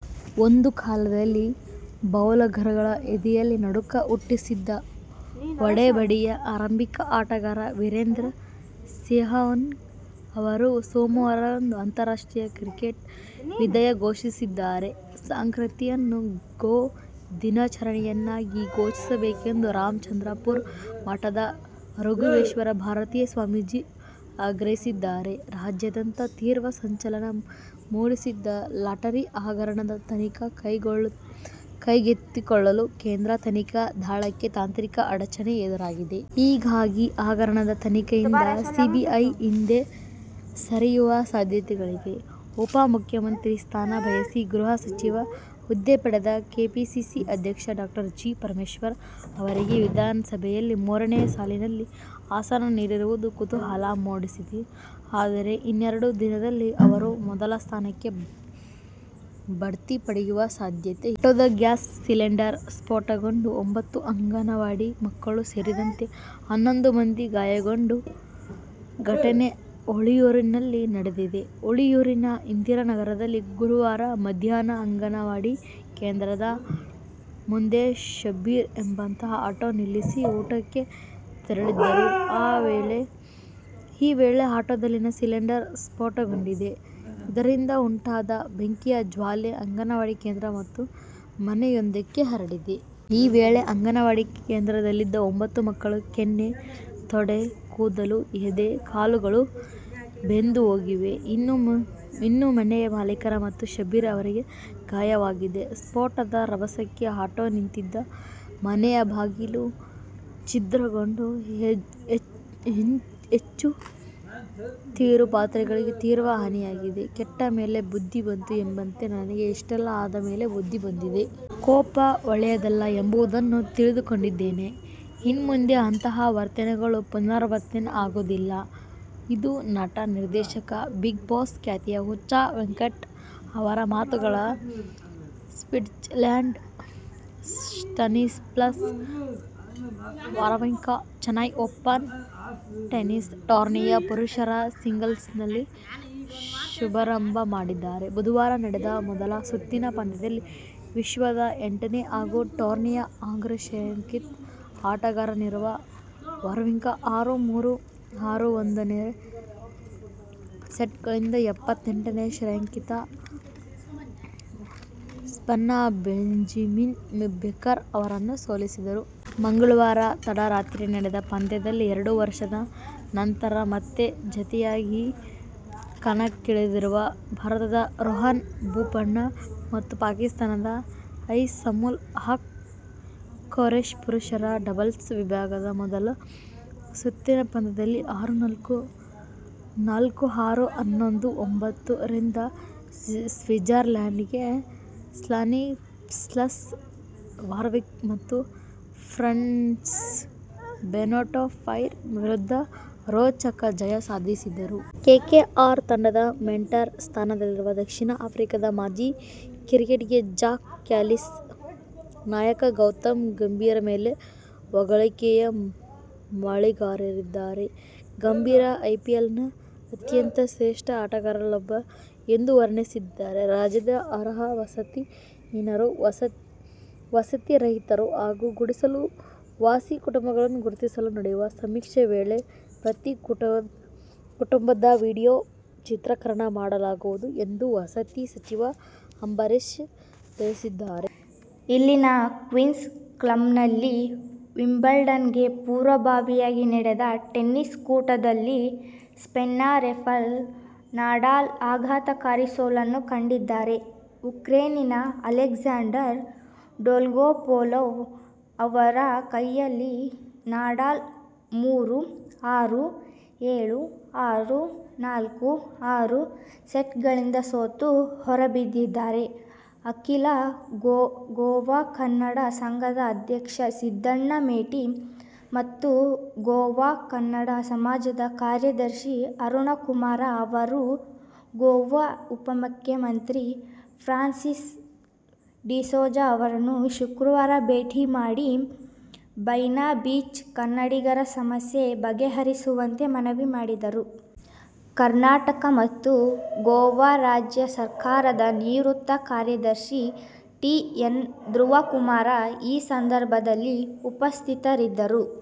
ಒಂದು ಕಾಲದಲ್ಲಿ ಬೌಲರ್ಗಳ ಎದೆಯಲ್ಲಿ ನಡುಕ ಹುಟ್ಟಿಸಿದ್ದ ಹೊಡೆಬಡಿಯ ಆರಂಭಿಕ ಆಟಗಾರ ವೀರೇಂದ್ರ ಸೆಹ್ವಾಗ್ ಅವರು ಸೋಮವಾರದಂದು ಅಂತಾರಾಷ್ಟ್ರೀಯ ಕ್ರಿಕೆಟಿಗೆ ವಿದಾಯ ಘೋಷಿಸಿದ್ದಾರೆ. ಸಂಕ್ರಾತಿಯನ್ನು ಗೋ ದಿನಾಚರಣೆಯನ್ನಾಗಿ ಘೋಷಿಸಬೇಕೆಂದು ರಾಮಚಂದ್ರಾಪುರ ಮಠದ ರಾಘವೇಶ್ವರ ಭಾರತೀ ಸ್ವಾಮೀಜಿ ಆಗ್ರಹಿಸಿದ್ದಾರೆ. ರಾಜ್ಯಾದ್ಯಂತ ತೀವ್ರ ಸಂಚಲನ ಮೂಡಿಸಿದ್ದ ಲಾಟರಿ ಹಗರಣದ ತನಿಖೆ ಕೈಗೆತ್ತಿಕೊಳ್ಳಲು ಕೇಂದ್ರ ತನಿಖಾ ದಳಕ್ಕೆ ತಾಂತ್ರಿಕ ಅಡಚಣೆ ಎದುರಾಗಿದೆ. ಹೀಗಾಗಿ ಹಗರಣದ ತನಿಖೆಯಿಂದ ಸಿಬಿಐ ಹಿಂದೆ ಸರಿಯುವ ಸಾಧ್ಯತೆಗಳಿವೆ. ಉಪ ಮುಖ್ಯಮಂತ್ರಿ ಸ್ಥಾನ ಬಯಸಿ ಗೃಹ ಸಚಿವ ಹುದ್ದೆ ಪಡೆದ ಕೆಪಿಸಿಸಿ ಅಧ್ಯಕ್ಷ ಡಾ ಜಿ. ಪರಮೇಶ್ವರ್ ಅವರಿಗೆ ವಿಧಾನಸಭೆಯಲ್ಲಿ ಮೂರನೇ ಸಾಲಿನಲ್ಲಿ ಆಸನ ನೀಡಿರುವುದು ಕುತೂಹಲ ಮೂಡಿಸಿದೆ. ಆದರೆ ಇನ್ನೆರಡು ದಿನದಲ್ಲಿ ಅವರು ಮೊದಲ ಸ್ಥಾನಕ್ಕೆ ಭಡ್ತಿ ಪಡೆಯುವ ಸಾಧ್ಯತೆ ಇದೆ. ಆಟೋದ ಗ್ಯಾಸ್ ಸಿಲಿಂಡರ್ ಸ್ಫೋಟಗೊಂಡು ಒಂಬತ್ತು ಅಂಗನವಾಡಿ ಮಕ್ಕಳು ಸೇರಿದಂತೆ ಹನ್ನೊಂದು ಮಂದಿ ಗಾಯಗೊಂಡ ಘಟನೆ ಹುಳಿಯೂರಿನಲ್ಲಿ ನಡೆದಿದೆ. ಹುಳಿಯೂರಿನ ಇಂದಿರಾನಗರದಲ್ಲಿ ಗುರುವಾರ ಮಧ್ಯಾಹ್ನ ಅಂಗನವಾಡಿ ಕೇಂದ್ರದ ಮುಂದೆ ಶಬ್ಬೀರ್ ಎಂಬಾತ ಆಟೋ ನಿಲ್ಲಿಸಿ ಊಟಕ್ಕೆ ತೆರಳಿದ್ದರು. ಈ ವೇಳೆ ಆಟೋದಲ್ಲಿನ ಸಿಲಿಂಡರ್ ಸ್ಫೋಟಗೊಂಡಿದೆ. ಇದರಿಂದ ಉಂಟಾದ ಬೆಂಕಿಯ ಜ್ವಾಲೆ ಅಂಗನವಾಡಿ ಕೇಂದ್ರ ಮತ್ತು ಮನೆಯೊಂದಕ್ಕೆ ಹರಡಿದೆ. ಈ ವೇಳೆ ಅಂಗನವಾಡಿ ಕೇಂದ್ರದಲ್ಲಿದ್ದ ಒಂಬತ್ತು ಮಕ್ಕಳ ಕೆನ್ನೆ, ತೊಡೆ, ಕೂದಲು, ಎದೆ, ಕಾಲುಗಳು ಬೆಂದುಹೋಗಿವೆ. ಇನ್ನು ಮನೆ ಮಾಲೀಕ ಮತ್ತು ಶಬ್ಬೀರ್ ಅವರಿಗೂ ಗಾಯವಾಗಿದೆ. ಸ್ಫೋಟದ ರಭಸಕ್ಕೆ ಆಟೋ ನಿಂತಿದ್ದ ಮನೆಯ ಬಾಗಿಲು ಛಿದ್ರಗೊಂಡು ಹೆಂಚು, ತೀರು, ಪಾತ್ರೆಗಳಿಗೆ ತೀವ್ರ ಹಾನಿಯಾಗಿದೆ. ಕೆಟ್ಟ ಮೇಲೆ ಬುದ್ಧಿ ಬಂತು ಎಂಬಂತೆ ನನಗೆ ಇಷ್ಟೆಲ್ಲಾ ಆದ ಮೇಲೆ ಬುದ್ದಿ ಬಂದಿದೆ. ಕೋಪ ಒಳ್ಳೆಯದಲ್ಲ ಎಂಬುದನ್ನು ತಿಳಿದುಕೊಂಡಿದ್ದೇನೆ. ಇನ್ಮುಂದೆ ಅಂತಹ ವರ್ತನೆಗಳು ಪುನರಾವರ್ತನೆ ಆಗೋದಿಲ್ಲ ಇದು ನಟ, ನಿರ್ದೇಶಕ, ಬಿಗ್ ಬಾಸ್ ಖ್ಯಾತಿಯ ಹುಚ್ಚ ವೆಂಕಟ್ ಅವರ ಮಾತುಗಳು. ಸ್ವಿಟ್ಜರ್ಲೆಂಡ್ನ Stanislas Wawrinka Chennai Open tennis ಟೂರ್ನಿಯ ಪುರುಷರ ಸಿಂಗಲ್ಸ್ನಲ್ಲಿ ಶುಭಾರಂಭ ಮಾಡಿದ್ದಾರೆ. ಬುಧವಾರ ನಡೆದ ಮೊದಲ ಸುತ್ತಿನ ಪಂದ್ಯದಲ್ಲಿ ವಿಶ್ವದ ಎಂಟನೇ ಹಾಗೂ ಟೂರ್ನಿಯ ಅಗ್ರಶ್ರೇಯಾಂಕಿತ ಆಟಗಾರನಾಗಿರುವ ವಾವ್ರಿಂಕಾ ಆರು-ಮೂರು, ಆರು-ಒಂದು ನೇರ ಸೆಟ್ಗಳಿಂದ ಎಪ್ಪತ್ತೆಂಟನೇ ಶ್ರೇಯಾಂಕಿತ ಸ್ಪೇನ್ನ ಬೆಂಜಮಿನ್ ಬೇಕರ್ ಅವರನ್ನು ಸೋಲಿಸಿದರು. ಮಂಗಳವಾರ ತಡರಾತ್ರಿ ನಡೆದ ಪಂದ್ಯದಲ್ಲಿ ಎರಡು ವರ್ಷದ ನಂತರ ಮತ್ತೆ ಜತೆಯಾಗಿ ಕಣಕ್ಕಿಳಿದಿರುವ ಭಾರತದ ರೋಹನ್ ಬೋಪಣ್ಣ ಮತ್ತು ಪಾಕಿಸ್ತಾನದ ಐಸಾಮುಲ್ ಹಕ್- ಖುರೇಷಿ ಪುರುಷರ ಡಬಲ್ಸ್ ವಿಭಾಗದ ಮೊದಲ ಸುತ್ತಿನ ಪಂದ್ಯದಲ್ಲಿ ಆರು-ನಾಲ್ಕು, ನಾಲ್ಕು- ಆರು, ಹನ್ನೊಂದು-ಒಂಬತ್ತು ರಿಂದ ಸ್ವಿಜರ್ಲೆಂಡ್ನ ಸ್ಲಾನಿಸ್ಲಾಸ್ ವಾವ್ರಿಂಕಾ ಮತ್ತು ಫ್ರಾನ್ಸ್ನ ಬೆನೊಟ್ ಪೈರ್ ವಿರುದ್ಧ ರೋಚಕ ಜಯ ಸಾಧಿಸಿದರು. ಕೆಕೆಆರ್ ತಂಡದ ಮೆಂಟರ್ ಸ್ಥಾನದಲ್ಲಿರುವ ದಕ್ಷಿಣ ಆಫ್ರಿಕಾದ ಮಾಜಿ ಕ್ರಿಕೆಟಿಗ ಜಾಕ್ ಕ್ಯಾಲಿಸ್, ನಾಯಕ ಗೌತಮ್ ಗಂಭೀರ್ ಮೇಲೆ ಹೊಗಳಿಕೆಯ ಮಳೆಗರೆದಿದ್ದಾರೆ. ಗಂಭೀರ್ ಐಪಿಎಲ್ನ ಅತ್ಯಂತ ಶ್ರೇಷ್ಠ ಆಟಗಾರರಲ್ಲೊಬ್ಬರು ಎಂದು ವರ್ಣಿಸಿದ್ದಾರೆ. ರಾಜ್ಯದಲ್ಲಿ ಅರ್ಹ ವಸತಿ ಹೀನರು, ವಸತಿರಹಿತರು ಹಾಗೂ ಗುಡಿಸಲು ವಾಸಿ ಕುಟುಂಬಗಳನ್ನು ಗುರುತಿಸಲು ನಡೆಸುವ ಸಮೀಕ್ಷೆ ವೇಳೆ ಪ್ರತಿ ಕುಟುಂಬದ ವಿಡಿಯೋ ಚಿತ್ರೀಕರಣ ಮಾಡಲಾಗುವುದು ಎಂದು ವಸತಿ ಸಚಿವ ಅಂಬರೀಶ್ ತಿಳಿಸಿದ್ದಾರೆ. ಇಲ್ಲಿನ ಕ್ವೀನ್ಸ್ ಕ್ಲಬ್ನಲ್ಲಿ ವಿಂಬಲ್ಡನ್ಗೆ ಪೂರ್ವಭಾವಿಯಾಗಿ ನಡೆದ ಟೆನ್ನಿಸ್ ಕೂಟದಲ್ಲಿ ಸ್ಪೇನ್ನ ರಫೆಲ್ ನಡಾಲ್ ಆಘಾತಕಾರಿ ಸೋಲನ್ನು ಕಂಡಿದ್ದಾರೆ. ಉಕ್ರೈನಿನ ಅಲೆಕ್ಸಾಂಡರ್ ಡೊಲ್ಗೊಪೋಲೋವ್ ಅವರ ಕೈಯಲ್ಲಿ ನಡಾಲ್ ಮೂರು-ಆರು, ಏಳು-ಆರು, ನಾಲ್ಕು-ಆರು ಸೆಟ್ಗಳಿಂದ ಸೋತು ಹೊರಬಿದ್ದಿದ್ದಾರೆ. ಅಖಿಲ ಗೋವಾ ಕನ್ನಡ ಸಂಘದ ಅಧ್ಯಕ್ಷ ಸಿದ್ದಣ್ಣ ಮೇಟಿ ಮತ್ತು ಗೋವಾ ಕನ್ನಡ ಸಮಾಜದ ಕಾರ್ಯದರ್ಶಿ ಅರುಣಕುಮಾರ ಅವರು ಗೋವಾ ಉಪಮುಖ್ಯಮಂತ್ರಿ ಫ್ರಾನ್ಸಿಸ್ ಡಿಸೋಜಾ ಅವರನ್ನು ಶುಕ್ರವಾರ ಭೇಟಿ ಮಾಡಿ ಬೈನಾ ಬೀಚ್ ಕನ್ನಡಿಗರ ಸಮಸ್ಯೆ ಬಗೆಹರಿಸುವಂತೆ ಮನವಿ ಮಾಡಿದರು. ಕರ್ನಾಟಕ ಮತ್ತು ಗೋವಾ ರಾಜ್ಯ ಸರ್ಕಾರದ ನಿವೃತ್ತ ಕಾರ್ಯದರ್ಶಿ ಟಿ. ಎನ್. ಧ್ರುವಕುಮಾರ ಈ ಸಂದರ್ಭದಲ್ಲಿ ಉಪಸ್ಥಿತರಿದ್ದರು.